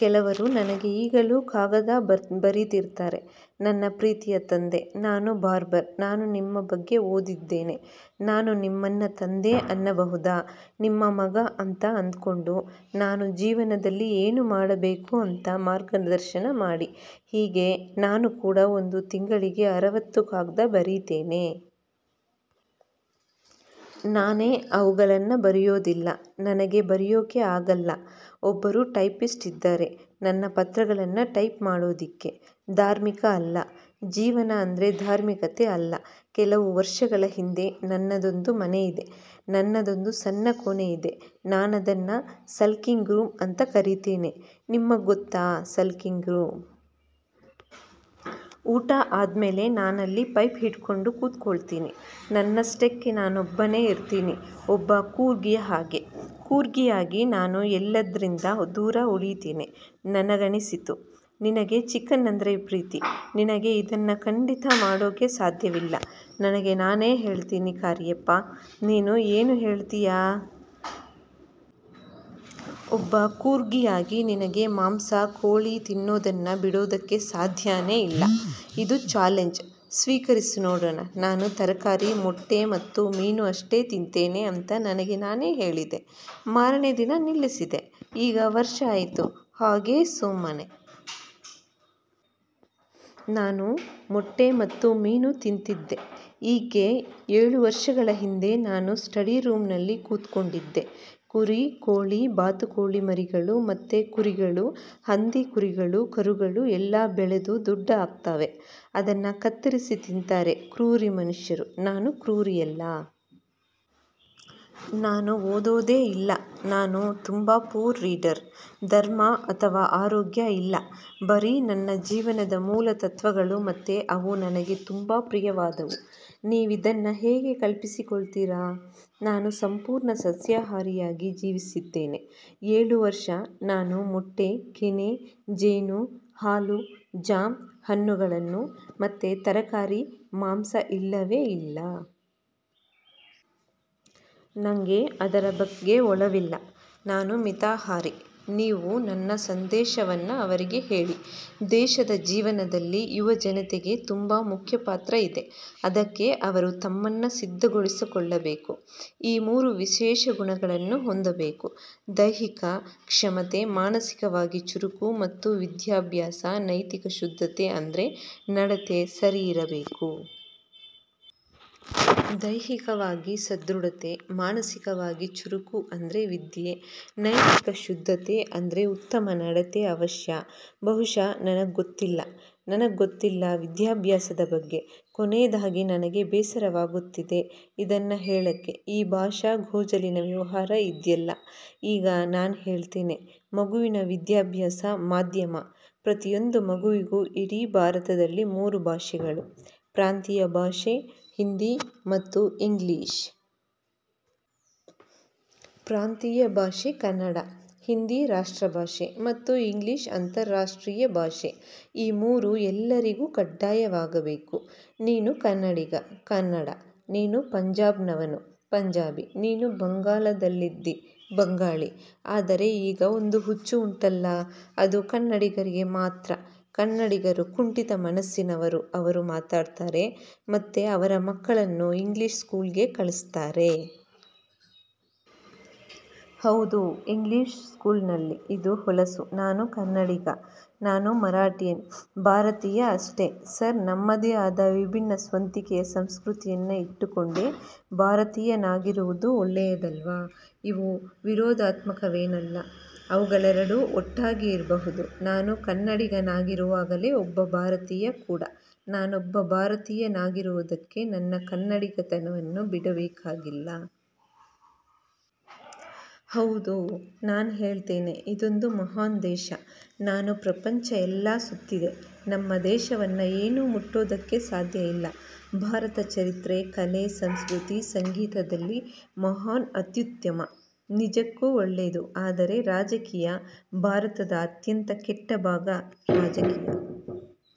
ಕೆಲವರು ನನಗೆ ಈಗಲೂ ಕಾಗದ ಬರೀತಿರ್ತಾರೆ 'ನನ್ನ ಪ್ರೀತಿಯ ತಂದೆ, ನಾನು ಬಾರ್ಬರ್. ನಾನು ನಿಮ್ಮ ಬಗ್ಗೆ ಓದಿದ್ದೇನೆ. ನಾನು ನಿಮ್ಮನ್ನ ತಂದೆ ಅನ್ನಬಹುದಾ. ನಿಮ್ಮ ಮಗ ಅಂತ ಅಂದ್ಕೊಂಡು, ನಾನು ಜೀವನದಲ್ಲಿ ಏನು ಮಾಡಬೇಕು ಅಂತ ಮಾರ್ಗದರ್ಶನ ಮಾಡಿ. ' ಹೀಗೆ. ನಾನು ಕೂಡಾ ಒಂದು ತಿಂಗಳಿಗೆ ಅರವತ್ತು ಕಾಗ್ದ ಬರೀತೇನೆ. ನಾನೇ ಅವುಗಳನ್ನ ಬರಯೋದಿಲ್ಲ. ನನಗೆ ಬರೆಯೋಕೆ ಆಗಲ್ಲ. ಒಬ್ಬರು ಟೈಪಿಸ್ಟ್ ಇದ್ದಾರೆ ನನ್ನ ಪತ್ರಗಳನ್ನ ಟೈಪ್ ಮಾಡೋದಿಕ್ಕೆ. ಧಾರ್ಮಿಕ ಅಲ್ಲ. ಜೀವನ ಅಂದ್ರೆ ಧಾರ್ಮಿಕತೆ ಅಲ್ಲ. ಕೆಲವು ವರ್ಷಗಳ ಹಿಂದೆ, ನನ್ನದೊಂದು ಮನೆಯಿದೆ, ನನ್ನದೊಂದು ಸಣ್ಣ ಕೋಣೆಯಿದೆ. ನಾನದನ್ನ 'ಸಲ್ಕಿಂಗ್ ರೂಂ' ಅಂತ ಕರೀತೀನಿ. ನಿಮಗ್ಗೊತ್ತಾ 'ಸಲ್ಕಿಂಗ್ ರೂಂ. ' ಊಟ ಆದ್ಮೇಲೆ ನಾನಲ್ಲಿ ಪೈಪ್ ಹಿಡ್ಕೊಂಡು ಕೂತ್ಕೋಳ್ತೀನಿ. ನನ್ನಷ್ಟಕ್ಕೆ ನಾನೊಬ್ಬನೇ ಇರ್ತೀನೆ. ಒಬ್ಬ ಕೂರ್ಗಿಯ ಹಾಗೆ, ಕೂರ್ಗಿಯಾಗಿ ನಾನು ಎಲ್ಲದ್ರಿಂದ ದೂರ ಉಳೀತೀನೆ. ನನಗನಿಸಿತು. 'ನಿನಗೆ ಚಿಕನ್ ಅಂದ್ರೆ ಪ್ರೀತಿ. ನಿನಗೆ ಇದನ್ನ ಖಂಡಿತಾ ಮಾಡೋಕೆ ಸಾಧ್ಯವಿಲ್ಲ'. ನನಗೆ ನಾನೇ ಹೇಳ್ತೇನೆ. 'ಕಾರಿಯಪ್ಪ. ನೀನು ಏನು ಹೇಳ್ತಿಯಾ? ಒಬ್ಬ ಕೂರ್ಗಿಯಾಗಿ ನಿನಗೆ ಮಾಂಸ, ಕೋಳಿ, ತಿನ್ನೋದನ್ನ ಬಿಡೋದಕ್ಕೆ ಸಾಧ್ಯನೇ ಇಲ್ಲ. ಇದು ಚ್ಯಾಲೆಂಜ್. ಸ್ವೀಕರಿಸು ನೋಡೋಣ? ' 'ನಾನು ತರಕಾರಿ, ಮೊಟ್ಟೆ ಮತ್ತು ಮೀನು ಅಷ್ಟೇ ತಿನ್ತೇನೆ' ಅಂತ ನನಗೆ ನಾನೇ ಹೇಳಿದೆ. ಮಾರನೇ ದಿನ ನಿಲ್ಲಿಸಿದೆ. ಈಗ ವರ್ಷ ಆಯ್ತು. ಹಾಗೇ ಸುಮ್ಮನೆ. ನಾನು ಮೊಟ್ಟೆ ಮತ್ತು ಮೀನು ತಿಂತಿದ್ದೆ. ಈಗ್ಗೆ ಏಳು ವರ್ಷಗಳ ಹಿಂದೆ ನಾನು ಸ್ಟಡಿ ರೂಂನಲ್ಲಿ ಕೂತ್ಕೊಂಡಿದ್ದೆ. ಕುರಿ, ಕೋಳಿ, ಬಾತುಕೋಳಿ ಮರಿಗಳು, ಮತ್ತೆ ಕುರಿಗಳು. ಹಂದಿ ಮರಿಗಳು. ಕರುಗಳು. ಎಲ್ಲ ಬೆಳೆದು ದೊಡ್ಡ ಆಗ್ತಾವೆ. ಅದನ್ನ ಕತ್ತರಿಸಿ ತಿಂತಾರೆ ಕ್ರೂರಿ ಮನುಷ್ಯರು. ನಾನು ಕ್ರೂರಿಯಲ್ಲ. ನಾನು ಓದೋದೇ ಇಲ್ಲ. ನಾನು ತುಂಬಾ ಪುವರ್ ರೀಡರ್. ಧರ್ಮ ಅಥವಾ ಆರೋಗ್ಯ ಇಲ್ಲ. ಬರೀ ನನ್ನ ಜೀವನದ ಮೂಲ ತತ್ವಗಳು ಮತ್ತೆ ಅವು ನನಗೆ ತುಂಬಾ ಪ್ರಿಯವಾದವು. ನೀವಿದನ್ನ ಹೇಗೆ ಕಲ್ಪಿಸಿಕೊಳ್ತೀರಾ. ನಾನು ಸಂಪೂರ್ಣ ಸಸ್ಯಹಾರಿಯಾಗಿ ಜೀವಿಸ್ತಿದ್ದೇನೆ. ಏಳು ವರ್ಷ. ನಾನು ಮೊಟ್ಟೆ, ಕೆನೆ, ಜೇನು, ಹಾಲು, ಜ್ಯಾಮ್, ಹಣ್ಣುಗಳು ಮತ್ತೆ ತರಕಾರಿ, ಮಾಂಸ ಇಲ್ಲವೇ ಇಲ್ಲ. ನಂಗೆ ಅದರ ಬಗ್ಗೆ ಒಲವಿಲ್ಲ. ನಾನು ಮಿತಾಹಾರಿ. ನೀವು ನನ್ನ ಸಂದೇಶವನ್ನ ಅವರಿಗೆ ಹೇಳಿ. ದೇಶದ ಜೀವನದಲ್ಲಿ ಯುವಜನತೆಗೆ ತುಂಬಾ ಮುಖ್ಯ ಪಾತ್ರ ಇದೆ. ಅದಕ್ಕೆ ಅವರು ತಮ್ಮನ್ನ ಸಿದ್ಧಗೊಳಿಸಿಕೊಳ್ಳಬೇಕು. ಈ ಮೂರು ವಿಶೇಷ ಗುಣಗಳನ್ನ ಹೊಂದಬೇಕು. ದೈಹಿಕ ಕ್ಷಮತೆ, ಮಾನಸಿಕವಾಗಿ ಚುರುಕು ಮತ್ತು ವಿದ್ಯಾಭ್ಯಾಸ, ನೈತಿಕ ಶುದ್ಧತೆ ಅಂದ್ರೆ ನಡತೆ ಸರಿ ಇರಬೇಕು. ದೈಹಿಕವಾಗಿ ಸದೃಢತೆ, ಮಾನಸಿಕವಾಗಿ ಚುರುಕು ಅಂದ್ರೆ ವಿದ್ಯೆ, ನೈತಿಕ ಶುದ್ಧತೆ ಅಂದ್ರೆ ಉತ್ತಮ ನಡತೆ ಅವಶ್ಯ. ಬಹುಶಃ ನನಗ್ಗೊತ್ತಿಲ್ಲ. ನನಗ್ಗೊತ್ತಿಲ್ಲ ವಿದ್ಯಾಭ್ಯಾಸದ ಬಗ್ಗೆ. ಕೊನೇದಾಗಿ ನನಗೆ ಬೇಸರವಾಗುತ್ತೆ ಇದನ್ನ ಹೇಳಕ್ಕೆ ಈ ಭಾಷಾ ಗೋಜಲಿನ ವ್ಯವಹಾರ ಇದ್ಯಲ್ಲ ಈಗ. ನಾನು ಹೇಳ್ತೇನೆ. ಮಗುವಿನ ವಿದ್ಯಾಭ್ಯಾಸ ಮಾಧ್ಯಮ – ಪ್ರತಿಯೊಂದು ಮಗುವಿಗೂ ಇಡೀ ಭಾರತದಲ್ಲಿ ಮೂರು ಭಾಷೆಗಳು, ಪ್ರಾಂತೀಯ ಭಾಷೆ, ಹಿಂದಿ ಮತ್ತು ಇಂಗ್ಲಿಷ್. ಪ್ರಾಂತೀಯ ಭಾಷೆ ಕನ್ನಡ, ಹಿಂದಿ ರಾಷ್ಟ್ರಭಾಷೆ ಮತ್ತು ಇಂಗ್ಲಿಷ್ ಅಂತರರಾಷ್ಟ್ರೀಯ ಭಾಷೆ. ಈ ಮೂರು ಎಲ್ಲರಿಗೂ ಕಡ್ಡಾಯವಾಗಬೇಕು. ನೀನು ಕನ್ನಡಿಗ, ಕನ್ನಡ; ನೀನು ಪಂಜಾಬ್ನವರು, ಪಂಜಾಬಿ; ನೀನು ಬಂಗಾಳದಲ್ಲಿದ್ದೀ ಬಂಗಾಳಿ. ಆದರೆ ಈಗ ಒಂದು ಹುಚ್ಚು ಉಂಟಲ್ಲ ಅದು ಕನ್ನಡಿಗರಿಗೆ ಮಾತ್ರ. ಕನ್ನಡಿಗರು ಕುಂಠಿತ ಮನಸ್ಸಿನವರು ಅವರು ಮಾತಾಡ್ತಾರೆ ಮತ್ತೆ ಅವರ ಮಕ್ಕಳನ್ನ ಇಂಗ್ಲಿಷ್ ಸ್ಕೂಲ್ಗೆ ಕಳಿಸ್ತಾರೆ. ಹೌದು. ಇಂಗ್ಲಿಷ್ ಸ್ಕೂಲ್ನಲ್ಲಿ. ಇದು ಹೊಲಸು. ನಾನು ಕನ್ನಡಿಗ. ನಾನು ಮರಾಠಿಯನ್. ಭಾರತೀಯ ಅಷ್ಟೆ. ಸರ್, ನಮ್ಮದೇ ಆದ ವಿಭಿನ್ನ ಸ್ವಂತಿಕೆಯ ಸಂಸ್ಕೃತಿಯನ್ನ ಇಟ್ಟುಕೊಂಡೇ ಭಾರತೀಯನಾಗಿರುವುದು ಒಳ್ಳೇಯದಲ್ವ. ಇವು ವಿರೋಧಾತ್ಮಕವೇನಲ್ಲ. ಅವುಗಳೆರಡೂ ಒಟ್ಟಾಗಿ ಇರ್ಬಹುದು. ನಾನು ಕನ್ನಡಿಗನಾಗಿರುವಾಗಲೇ ಒಬ್ಬ ಭಾರತೀಯ ಕೂಡಾ. ನಾನೊಬ್ಬ ಭಾರತೀಯನಾಗುವುದಕ್ಕೆ ನನ್ನ ಕನ್ನಡಿಗತನವನ್ನ ಬಿಡಬೇಕಾಗಿಲ್ಲ. ಹೌದು. ನಾನು ಹೇಳ್ತೇನೆ, ಇದೊಂದು ಮಹಾನ್ ದೇಶ. ನಾನು ಪ್ರಪಂಚ ಎಲ್ಲ ಸುತ್ತಿದೆ. ನಮ್ಮ ದೇಶವನ್ನ ಏನೂ ಮುಟ್ಟೋದಕ್ಕೆ ಸಾಧ್ಯ ಇಲ್ಲ. ಭಾರತ ಚರಿತ್ರೆ, ಕಲೆ, ಸಂಸ್ಕೃತಿ, ಸಂಗೀತದಲ್ಲಿ ಮಹಾನ್, ಅತ್ಯುತ್ತಮ. ನಿಜಕ್ಕೂ ಒಳ್ಳೇದು. ಆದರೆ ರಾಜಕೀಯ ಭಾರತದ ಅತ್ಯಂತ ಕೆಟ್ಟ ಭಾಗ ರಾಜಕೀಯ.